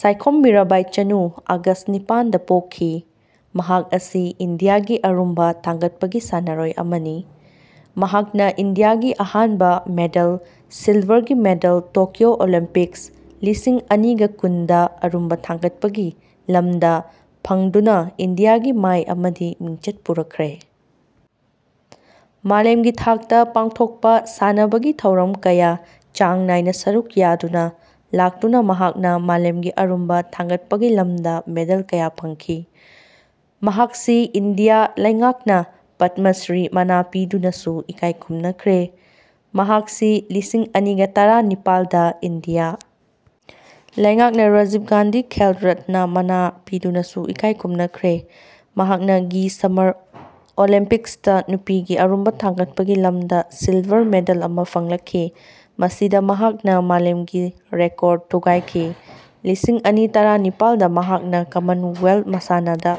ꯁꯥꯏꯈꯣꯝ ꯃꯤꯔꯥꯕꯥꯏ ꯆꯅꯨ ꯑꯒꯁ ꯅꯤꯄꯥꯟꯗ ꯄꯣꯛꯈꯤ꯫ ꯃꯍꯥꯛ ꯑꯁꯤ ꯏꯟꯗꯤꯌꯥꯒꯤ ꯑꯔꯨꯝꯕ ꯊꯥꯡꯒꯠꯄꯤ ꯁꯥꯟꯅꯔꯣꯏ ꯑꯃꯅꯤ꯫ ꯃꯍꯥꯛꯅ ꯏꯟꯗꯤꯌꯥꯒꯤ ꯑꯍꯥꯟꯕ ꯃꯦꯗꯜ, ꯁꯤꯜꯚꯔꯒꯤ ꯃꯦꯗꯜ ꯇꯣꯀ꯭ꯌꯣ ꯑꯣꯂꯤꯝꯄꯤꯛꯁ ꯂꯤꯁꯤꯡ ꯑꯅꯤꯒ ꯀꯨꯟꯗ ꯑꯔꯨꯝꯕ ꯊꯥꯡꯒꯠꯄꯒꯤ ꯂꯝꯗ ꯐꯪꯗꯨꯅ ꯏꯟꯗꯤꯌꯥꯒꯤ ꯃꯥꯢ ꯑꯃꯗꯤ ꯃꯤꯡꯆꯠ ꯄꯨꯔꯛꯈ꯭ꯔꯦ꯫ ꯃꯥꯂꯦꯝꯒꯤ ꯊꯥꯛꯇ ꯄꯥꯡꯊꯣꯛꯄ ꯁꯥꯟꯅꯕꯒꯤ ꯊꯧꯔꯝ ꯀꯌꯥ ꯆꯥꯡ ꯅꯥꯢꯅ ꯁꯔꯨꯛ ꯌꯥꯗꯨꯅ ꯂꯥꯛꯇꯨꯅ ꯃꯍꯥꯛꯅ ꯃꯥꯂꯦꯝꯒꯤ ꯑꯔꯨꯝꯕ ꯊꯥꯡꯒꯠꯄꯒꯤ ꯂꯝꯗ ꯃꯦꯗꯜ ꯀꯌꯥ ꯐꯪꯈꯤ꯫ ꯃꯍꯥꯛꯁꯤ ꯏꯟꯗꯤꯌꯥ ꯂꯩꯉꯥꯛꯅ ꯄꯗꯃꯁ꯭ꯔꯤ ꯃꯅꯥ ꯄꯤꯗꯨꯅꯁꯨ ꯏꯀꯥꯢ ꯈꯨꯝꯅꯈ꯭ꯔꯦ꯫ ꯃꯍꯥꯛꯁꯤ ꯂꯤꯁꯤꯡ ꯑꯅꯤꯒ ꯇꯔꯥ ꯅꯤꯄꯥꯜꯗ ꯏꯟꯗꯤꯌꯥ ꯂꯩꯉꯥꯛꯅ ꯔꯥꯖꯤꯚ ꯒꯥꯟꯙꯤ ꯈꯦꯜ ꯔꯠꯅ ꯃꯅꯥ ꯄꯤꯗꯨꯅꯁꯨ ꯏꯀꯥꯢ ꯈꯨꯝꯅꯈ꯭ꯔꯦ꯫ ꯃꯍꯥꯛꯅ ꯒꯤ ꯁꯝꯃꯔ ꯑꯣꯂꯤꯝꯄꯤꯛꯁꯇ ꯅꯨꯄꯤꯒꯤ ꯑꯔꯨꯝꯕ ꯊꯥꯡꯒꯠꯄꯒꯤ ꯂꯝꯗ ꯁꯤꯜꯚꯔ ꯃꯦꯗꯜ ꯑꯃ ꯐꯪꯂꯛꯈꯤ꯫ ꯃꯁꯤꯗ ꯃꯍꯥꯛꯅ ꯃꯥꯂꯦꯝꯒꯤ ꯔꯦꯀꯣꯔꯗ ꯊꯨꯒꯥꯢꯈꯤ꯫ ꯂꯤꯁꯤꯡ ꯑꯅꯤ ꯇꯔꯥ ꯅꯤꯄꯥꯥꯜꯗ ꯃꯍꯥꯛꯅ ꯀꯃꯟꯋꯦꯜꯊ ꯃꯁꯥꯟꯅꯗ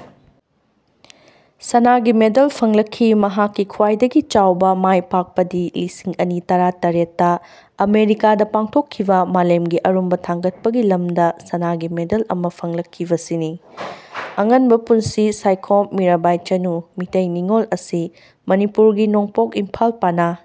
ꯁꯅꯥꯒꯤ ꯃꯦꯗꯜ ꯐꯪꯂꯛꯈꯤ꯫ ꯃꯍꯥꯛꯀꯤ ꯈ꯭ꯋꯥꯢꯗꯒꯤ ꯆꯥꯎꯕ ꯃꯥꯢꯄꯥꯛꯄꯗꯤ ꯂꯤꯁꯤꯡ ꯑꯅꯤ ꯇꯔꯥ ꯇꯔꯦꯠꯇ ꯑꯃꯦꯔꯤꯀꯥꯗ ꯄꯥꯡꯊꯣꯛꯈꯤꯕ ꯃꯥꯂꯦꯝꯒꯤ ꯑꯔꯨꯝꯕ ꯊꯥꯡꯒꯠꯄꯒꯤ ꯂꯝꯗ ꯁꯅꯥꯒꯤ ꯃꯦꯗꯜ ꯑꯃ ꯐꯪꯂꯛꯈꯤꯕꯁꯤꯅꯤ꯫ ꯑꯉꯟꯕ ꯄꯨꯟꯁꯤ ꯁꯥꯏꯈꯣꯝ ꯃꯤꯔꯥꯕꯥꯏ ꯆꯅꯨ, ꯃꯤꯇꯩ ꯅꯤꯡꯉꯣꯜ ꯑꯁꯤ ꯃꯅꯤꯄꯨꯔꯒꯤ ꯅꯣꯡꯄꯣꯛ ꯏꯝꯐꯥꯜ ꯄꯅꯥ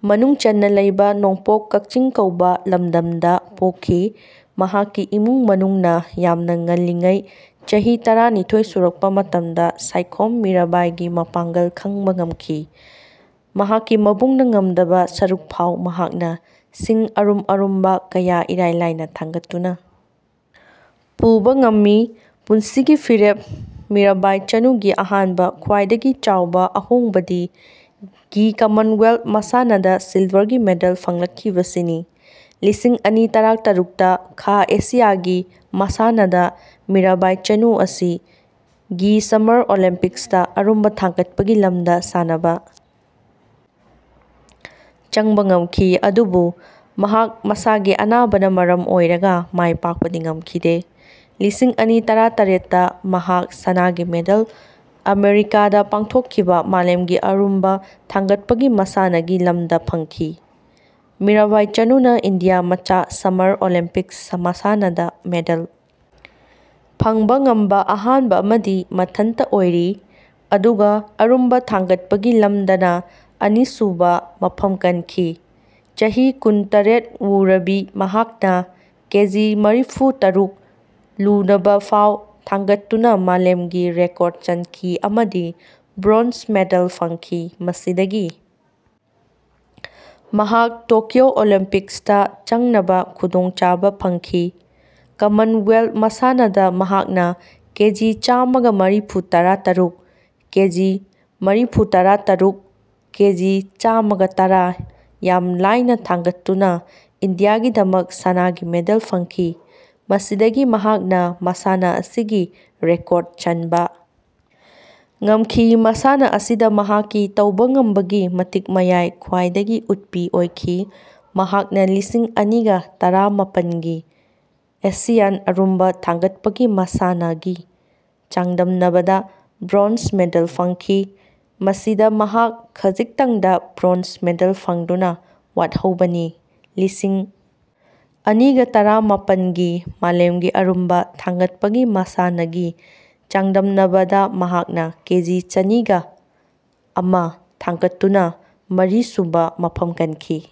ꯃꯅꯨꯡꯆꯟꯅ ꯂꯩꯕ ꯅꯣꯡꯄꯣꯛ ꯀꯛꯆꯤꯡ ꯀꯧꯕ ꯂꯝꯗꯝꯗ ꯄꯣꯛꯈꯤ꯫ ꯃꯍꯥꯛꯀꯤ ꯏꯃꯨꯡ ꯃꯅꯨꯡꯅ ꯌꯥꯝꯅ ꯉꯟꯂꯤꯉꯩ ꯆꯩꯍꯤ ꯇꯔꯥꯅꯤꯊꯣꯏ ꯁꯨꯔꯛꯄ ꯃꯇꯝꯗ ꯁꯥꯏꯈꯣꯝ ꯃꯤꯔꯩꯕꯥꯏꯒꯤ ꯃꯄꯥꯡꯒꯜ ꯈꯪꯕ ꯉꯝꯈꯤ꯫ ꯃꯍꯥꯛꯀꯤ ꯃꯕꯨꯡꯅ ꯉꯝꯗꯕ ꯁꯔꯨꯛꯐꯥꯎ ꯃꯍꯥꯛꯅ ꯁꯤꯡ ꯑꯔꯨꯝ ꯑꯔꯨꯝꯕ ꯀꯌꯥ ꯏꯔꯥꯏ ꯂꯥꯏꯅ ꯊꯥꯡꯒꯠꯇꯨꯅ ꯄꯨꯕ ꯉꯝꯃꯤ꯫ ꯄꯨꯟꯁꯤꯒꯤ ꯐꯤꯔꯦꯞ ꯃꯤꯔꯥꯢꯕꯥꯢ ꯆꯅꯨꯒꯤ ꯑꯍꯥꯟꯕ ꯈ꯭ꯋꯥꯢꯗꯒꯤ ꯆꯥꯎꯕ ꯑꯍꯣꯡꯕꯗꯤ ꯒꯤ ꯀꯃꯟꯋꯦꯜꯊ ꯃꯁꯥꯟꯅꯗ ꯁꯤꯜꯚꯔꯒꯤ ꯃꯦꯗꯜ ꯐꯪꯂꯛꯈꯤꯕꯁꯤꯅꯤ꯫ ꯂꯤꯁꯤꯡ ꯑꯅꯤ ꯇꯔꯥꯇꯔꯨꯛꯇ ꯈꯥ ꯑꯦꯁꯤꯌꯥ ꯒꯤ ꯃꯁꯥꯟꯅꯗ ꯃꯤꯔꯥꯢꯕꯥꯢ ꯆꯅꯨ ꯑꯁꯤ ꯒꯤ ꯁꯝꯃꯔ ꯑꯣꯂꯤꯝꯄꯤꯛꯁꯇ ꯑꯔꯨꯝꯕ ꯊꯥꯡꯒꯠꯄꯒꯤ ꯂꯝꯗ ꯁꯥꯅꯕ ꯆꯪꯕ ꯉꯝꯈꯤ꯫ ꯑꯗꯨꯕꯨ ꯃꯍꯥꯛ ꯃꯁꯥꯒꯤ ꯑꯅꯥꯕꯅ ꯃꯔꯝ ꯑꯣꯢꯔꯒ ꯃꯥꯢ ꯄꯥꯛꯄꯗꯤ ꯉꯝꯈꯤꯗꯦ꯫ ꯂꯤꯁꯤꯡ ꯑꯅꯤ ꯇꯔꯥꯇꯔꯦꯠꯇ ꯃꯍꯥꯛ ꯁꯅꯥꯒꯤ ꯃꯦꯗꯜ ꯑꯃꯦꯔꯤꯀꯥꯗ ꯄꯥꯡꯊꯣꯛꯈꯤꯕ ꯃꯥꯂꯦꯝꯒꯤ ꯑꯔꯨꯝꯕ ꯊꯥꯡꯒꯠꯄꯒꯤ ꯃꯁꯥꯟꯅꯒꯤ ꯂꯝꯗ ꯐꯪꯈꯤ꯫ ꯃꯤꯔꯥꯕꯥꯢ ꯆꯅꯨꯅ ꯏꯟꯗꯤꯌꯥ ꯃꯆꯥ ꯁꯝꯃꯔ ꯑꯣꯂꯤꯝꯄꯤꯛꯁ ꯃꯁꯥꯟꯅꯗ ꯃꯦꯗꯜ ꯐꯪꯕ ꯉꯝꯕ ꯑꯍꯥꯟꯕ ꯑꯃꯗꯤ ꯃꯊꯟꯇ ꯑꯣꯢꯔꯤ꯫ ꯑꯗꯨꯒ ꯑꯔꯨꯝꯕ ꯊꯥꯡꯒꯠꯄꯒꯤ ꯂꯝꯗꯅ ꯑꯅꯤꯁꯨꯕ ꯃꯐꯝ ꯀꯟꯈꯤ꯫ ꯆꯍꯤ ꯀꯨꯟ - ꯇꯔꯦꯠ ꯋꯨꯔꯕꯤ ꯃꯍꯥꯛꯅ ꯀꯦꯖꯤ ꯃꯔꯤꯐꯨ - ꯇꯔꯨꯛ ꯂꯨꯅꯕꯐꯥꯎ ꯊꯥꯡꯒꯠꯇꯨꯅ ꯃꯥꯂꯦꯝꯒꯤ ꯔꯦꯀꯣꯔꯗ ꯆꯟꯈꯤ ꯑꯃꯗꯤ ꯕ꯭ꯔꯣꯟꯖ ꯃꯦꯗꯜ ꯐꯪꯈꯤ꯫ ꯃꯁꯤꯗꯒꯤ ꯃꯍꯥꯛ ꯇꯣꯀ꯭ꯌꯣ ꯑꯣꯂꯤꯝꯄꯤꯛꯁꯇ ꯆꯪꯅꯕ ꯈꯨꯗꯣꯡꯆꯥꯕ ꯐꯪꯈꯤ꯫ ꯀꯃꯟꯋꯦꯜꯊ ꯃꯁꯥꯟꯅꯗ ꯃꯍꯥꯛꯅ ꯀꯦꯖꯤ ꯆꯥꯃꯒ ꯃꯔꯤꯐꯨꯇꯔꯥ ꯇꯔꯨꯛ, ꯀꯦꯖꯤ ꯃꯔꯤꯐꯨꯇꯔꯥ ꯇꯔꯨꯛ, ꯀꯦꯖꯤ ꯆꯥꯃꯒ ꯇꯔꯥ ꯌꯥꯝ ꯂꯥꯢꯅ ꯊꯥꯡꯒꯠꯇꯨꯅ ꯏꯟꯗꯤꯌꯥꯒꯤꯗꯃꯛ ꯁꯅꯥꯒꯤ ꯃꯦꯗꯜ ꯐꯪꯈꯤ꯫ ꯃꯁꯤꯗꯒꯤ ꯃꯍꯥꯛꯅ ꯃꯁꯥꯟꯅ ꯑꯁꯤꯒꯤ ꯔꯦꯀꯣꯔꯗ ꯆꯟꯕ ꯉꯝꯈꯤ꯫ ꯃꯁꯥꯟꯅ ꯑꯁꯤꯗ ꯃꯍꯥꯛꯀꯤ ꯇꯧꯕ ꯉꯝꯕꯒꯤ ꯃꯇꯤꯛ ꯃꯌꯥꯢ ꯈ꯭ꯋꯥꯢꯗꯒꯤ ꯎꯠꯄꯤ ꯑꯣꯢꯈꯤ꯫ ꯃꯍꯥꯛꯅ ꯂꯤꯁꯤꯡ ꯑꯅꯤꯒ ꯇꯔꯥ ꯃꯥꯄꯟꯒꯤ ꯑꯦꯁꯤꯌꯥꯟ ꯑꯔꯨꯝꯕ ꯊꯥꯡꯒꯠꯄꯒꯤ ꯃꯁꯥꯟꯅ ꯒꯤ ꯆꯥꯡꯗꯝꯅꯕꯗ ꯕ꯭ꯔꯣꯟꯖ ꯃꯦꯗꯜ ꯐꯪꯈꯤ꯫ ꯃꯁꯤꯗ ꯃꯍꯥꯛ ꯈꯖꯤꯛꯇꯪꯗ ꯕ꯭ꯔꯣꯟꯖ ꯃꯦꯗꯜ ꯐꯪꯗꯨꯅ ꯋꯥꯠꯍꯧꯕꯅꯤ꯫ ꯂꯤꯁꯤꯡ ꯑꯅꯤꯒ ꯇꯔꯥꯃꯥꯄꯟ ꯒꯤ ꯃꯥꯂꯦꯝꯒꯤ ꯑꯔꯨꯝꯕ ꯊꯥꯡꯒꯠꯄꯒꯤ ꯃꯁꯥꯟꯅ ꯒꯤ ꯆꯥꯡꯗꯝꯅꯕꯗ ꯃꯍꯥꯛꯅ ꯀꯦꯖꯤ ꯆꯅꯤꯒ ꯑꯃ ꯊꯥꯡꯒꯠꯇꯨꯅ ꯃꯔꯤꯁꯨꯕ ꯃꯐꯝ ꯀꯟꯈꯤ꯫